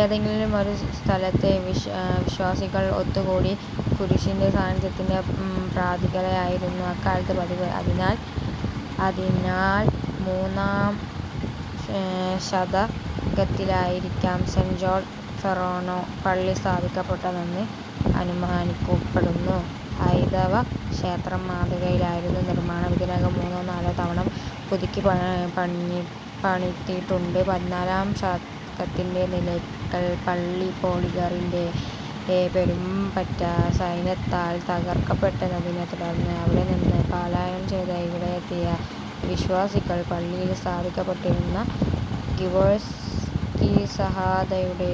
ഏതെങ്കിലും ഒരു സ്ഥലത്ത് വിശ്വാസികൾ ഒത്തുകൂടി കുരിശിൻ്റെ സാന്നിധ്യത്തിൽ പ്രാർഥിക്കലായിരുന്നു അക്കാലത്ത് പതിവ്. അതിനാൽ അതിനാൽ മൂന്നാം ശതകത്തിലായിരിക്കാം സെന്റ് ജോർജ് ഫെറോനാ പള്ളി സ്ഥാപിക്കപ്പെട്ടതെന്ന് അനുമാനിക്കപ്പെടുന്നു. ഹൈന്ദവ ക്ഷേത്ര മാതൃകയിലായിരുന്നു നിർമ്മാണം. ഇതിനകം മൂന്നോ നാലോ തവണ പുതുക്കിപ്പണിതിട്ടുണ്ട്. പതിനാലാം ശതകത്തിൽ നിലയ്ക്കൽ പള്ളി പോളിഗറിൻ്റെ പെരുംപറ്റ സൈന്യത്താൽ തകർക്കപ്പെട്ടതിനെ തുടർന്ന് അവിടെനിന്ന് പലായനം ചെയ്ത് ഇവിടെയെത്തിയ വിശ്വാസികൾ പള്ളിയിൽ സ്ഥാപിക്കപ്പെട്ടിരുന്ന ഗീവർഗീസ് സഹദായുടെ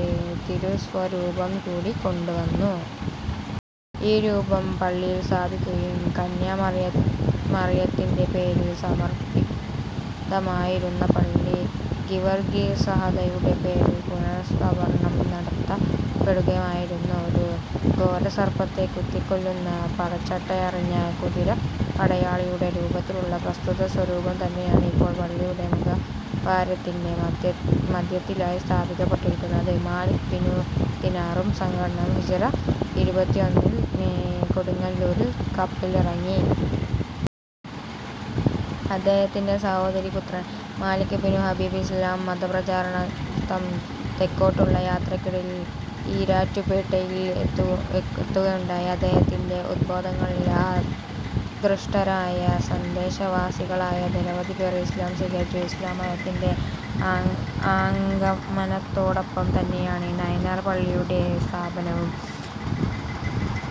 തിരുസ്വരൂപം കൂടി കൊണ്ടുവന്നു. ഈ രൂപം പള്ളിയിൽ സ്ഥാപിക്കുകയും കന്യാമറിയത്തിൻ്റെ പേരിൽ സമർപ്പിതമായിരുന്ന പള്ളി ഗീവർഗീസ് സഹദായുടെ പേരിൽ പുനഃസമർപ്പണം നടത്തപ്പെടുകയുമായിരുന്നു. ഒരു ഘോരസർപ്പത്തെ കുത്തിക്കൊല്ലുന്ന പടച്ചട്ടയണിഞ്ഞ കുതിരപ്പടയാളിയുടെ രൂപത്തിലുള്ള പ്രസ്തുത സ്വരൂപം തന്നെയാണ് ഇപ്പോൾ പള്ളിയുടെ മുഖവാരത്തിൻ്റെ മധ്യത്തിലായി സ്ഥാപിക്കപ്പെട്ടിരിക്കുന്നത്. മാലിക് ബിനു ദിനാറും സംഘവും ഹിജ്റ ഇരുപത്തിയൊന്നിൽ കൊടുങ്ങല്ലൂരിൽ കപ്പലിറങ്ങി. അദ്ദേഹത്തിൻ്റെ സഹോദരീപുത്രൻ മാലിക് ബിനു ഹബീബ് ഇസ്ലാം മതപ്രചാരണാർഥം തെക്കോട്ടുള്ള യാത്രയ്ക്കിടയിൽ ഈരാറ്റുപേട്ടയിലും എത്തുകയുണ്ടായി. അദ്ദേഹത്തിൻ്റെ ഉദ്ബോധനങ്ങളിൽ ആകൃഷ്ടരായ തദ്ദേശവാസികളായ നിരവധി പേർ ഇസ്ലാം സ്വീകരിച്ചു. ഇസ്ലാം മതത്തിൻ്റെ ആഗമനത്തോടൊപ്പം തന്നെയാണ് നൈനാർ പള്ളിയുടെ സ്ഥാപനവും.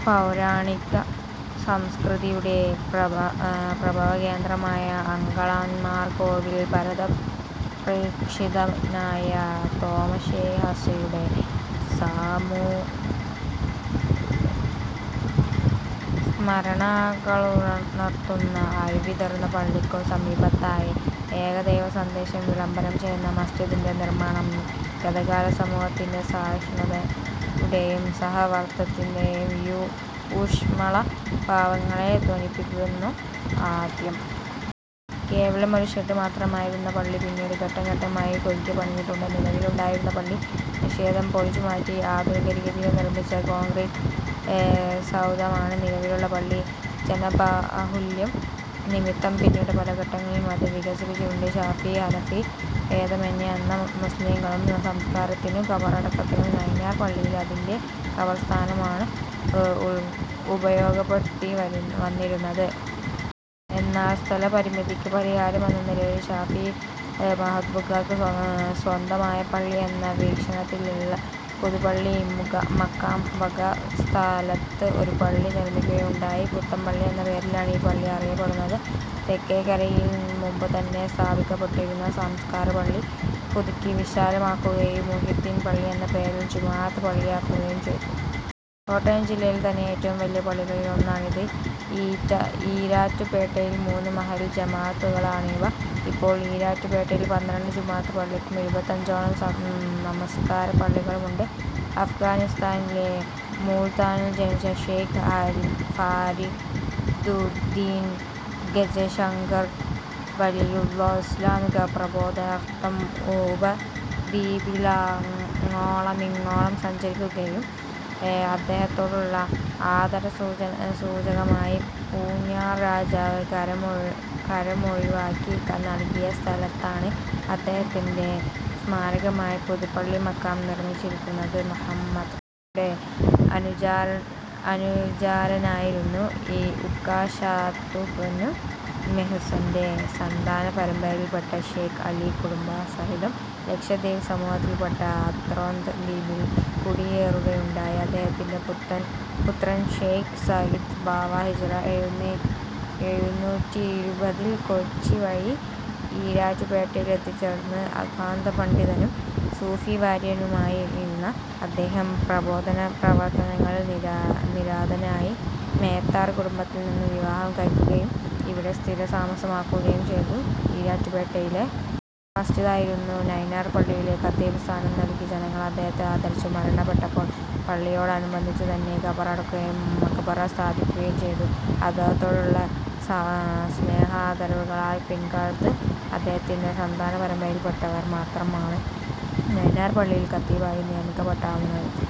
പൗരാണിക സംസ്കൃതിയുടെ പ്രഭവകേന്ദ്രമായ അങ്കാളമ്മൻ കോവിലിനും ഭാരതപ്രേക്ഷിതനായ തോമാശ്ലീഹായുടെ സ്മരണകളുണർത്തുന്ന അരുവിത്തുറ പള്ളിക്കും സമീപത്തായി ഏകദൈവ സന്ദേശം വിളംബരം ചെയ്യുന്ന മസ്ജിദിൻ്റെ നിർമ്മാണം ഗതകാല സമൂഹത്തിൻ്റെ സഹിഷ്ണുതയുടെയും സഹവർത്തിത്വത്തിൻ്റെ യും ഊഷ്മള ഭാവങ്ങളെ ധ്വനിപ്പിക്കുന്നു. ആദ്യം കേവലം ഒരു ഷെഡ് മാത്രമായിരുന്ന പള്ളി പിന്നീട് ഘട്ടം ഘട്ടങ്ങളായി പുതുക്കിപ്പണിതിട്ടുണ്ട്. നിലവിലുണ്ടായിരുന്ന പള്ളി നിശ്ശേഷം പൊളിച്ചുമാറ്റി ആധുനിക രീതിയിൽ നിർമിച്ച കോൺക്രീറ്റ് സൗധമാണ് നിലവിലുള്ള പള്ളി. ജനബാഹുല്യം നിമിത്തം പിന്നീട് പല ഘട്ടങ്ങളിലും അത് വികസിപ്പിച്ചിട്ടുണ്ട്. ശാഫി, ഹനഫി ഭേദമെന്യേ എല്ലാ മുസ്ലിംകളും നമസ്കാരത്തിനും ഖബറടക്കത്തിനും നൈനാർ പള്ളിയും അതിൻ്റെ ഖബർസ്ഥാനുമാണ് ഉപയോഗപ്പെടുത്തിവന്നിരുന്നത്. എന്നാൽ സ്ഥലപരിമിതിക്ക് പരിഹാരം എന്ന നിലയിലും ശാഫി മദ്ഹബുകാർക്ക് സ്വന്തമായ പള്ളി എന്ന വീക്ഷണത്തിലും പുതുപ്പള്ളി മഖാം വക സ്ഥലത്ത് ഒരു പള്ളി നിർമ്മിക്കുകയുണ്ടായി. പുത്തൻപള്ളി എന്ന പേരിലാണ് ഈ പള്ളി അറിയപ്പെടുന്നത്. തെക്കേക്കരയിൽ മുമ്പുതന്നെ സ്ഥാപിക്കപ്പെട്ടിരുന്ന നമസ്കാരപ്പള്ളി പുതുക്കി വിശാലമാക്കുകയും മുഹ്യിദ്ദീൻ പള്ളി എന്ന പേരിൽ ജുമുഅത്ത് പള്ളിയാക്കുകയും ചെയ്തു. കോട്ടയം ജില്ലയിലെ തന്നെ ഏറ്റവും വലിയ പള്ളികളിലൊന്നാണിത്. ഈരാറ്റുപേട്ടയിലെ മൂന്ന് മഹല്ല് ജമാഅത്തുകളാണിവ. ഇപ്പോൾ ഈരാറ്റുപേട്ടയിൽ പന്ത്രണ്ട് ജുമുഅത്ത് പള്ളികളും ഇരുപത്തഞ്ചോളം നമസ്കാരപ്പള്ളികളുമുണ്ട്. അഫ്ഗാനിസ്ഥാനിലെ മുൾത്താനിൽ ജനിച്ച ശൈഖ് ഫരീദുദ്ദീൻ ഗഞ്ചശക്കർ വലിയുല്ലാഹ് ഇസ്ലാമിക പ്രബോധനാർഥം ഉപദ്വീപിലങ്ങോളമിങ്ങോളം സഞ്ചരിക്കുകയുണ്ടായി. അദ്ദേഹത്തോടുള്ള ആദരസൂചകമായി പൂഞ്ഞാർ രാജാവ് കരമൊഴിവാക്കി നൽകിയ സ്ഥലത്താണ് അദ്ദേഹത്തിൻ്റെ സ്മാരകമായി പുതുപ്പള്ളി മഖാം നിർമിച്ചിരിക്കുന്നത്. മുഹമ്മദ് നബിയുടെ അനുചരനായിരുന്ന ഉക്കാശത്തുബ്നുമിഹ്സൻ്റെ സന്താനപരമ്പരയിൽപ്പെട്ട ശൈഖ് അലി കുടുംബസഹിതം ലക്ഷദ്വീപ് സമൂഹത്തിൽപ്പെട്ട ആന്ത്രോത്ത് ദ്വീപിൽ കുടിയേറുകയുണ്ടായി. അദ്ദേഹത്തിൻ്റെ പുത്രൻ ശൈഖ് സഈദ് ബാവ ഹിജ്റ എഴുന്നൂറ്റിയിരുപതിൽ കൊച്ചി വഴി ഈരാറ്റുപേട്ടയിൽ എത്തിച്ചേർന്നു. അഗാധപണ്ഡിതനും സൂഫിവര്യനുമായിരുന്ന അദ്ദേഹം പ്രബോധന പ്രവർത്തനങ്ങളിൽ നിരതനായി. മേത്തർ കുടുംബത്തിൽനിന്നും വിവാഹം കഴിക്കുകയും ഇവിടെ സ്ഥിരതാമസമാക്കുകയും ചെയ്തു. ഈരാറ്റുപേട്ടയിലെ ഏക മസ്ജിദായിരുന്ന നൈനാർ പള്ളിയിലെ ഖത്തീബ് സ്ഥാനം നൽകി ജനങ്ങൾ അദ്ദേഹത്തെ ആദരിച്ചു. മരണപ്പെട്ടപ്പോൾ പള്ളിയോടനുബന്ധിച്ചുതന്നെ ഖബറടക്കുകയും മഖ്ബറ സ്ഥാപിക്കുകയും ചെയ്തു. അദ്ദേഹത്തോടുള്ള സ്നേഹാദരവുകളാൽ പിൽക്കാലത്ത് അദ്ദേഹത്തിൻ്റെ സന്താനപരമ്പരയിൽപ്പെട്ടവർ മാത്രമാണ് നൈനാർ പള്ളിയിൽ ഖത്തീബായി നിയമിക്കപ്പെട്ടുവന്നത്.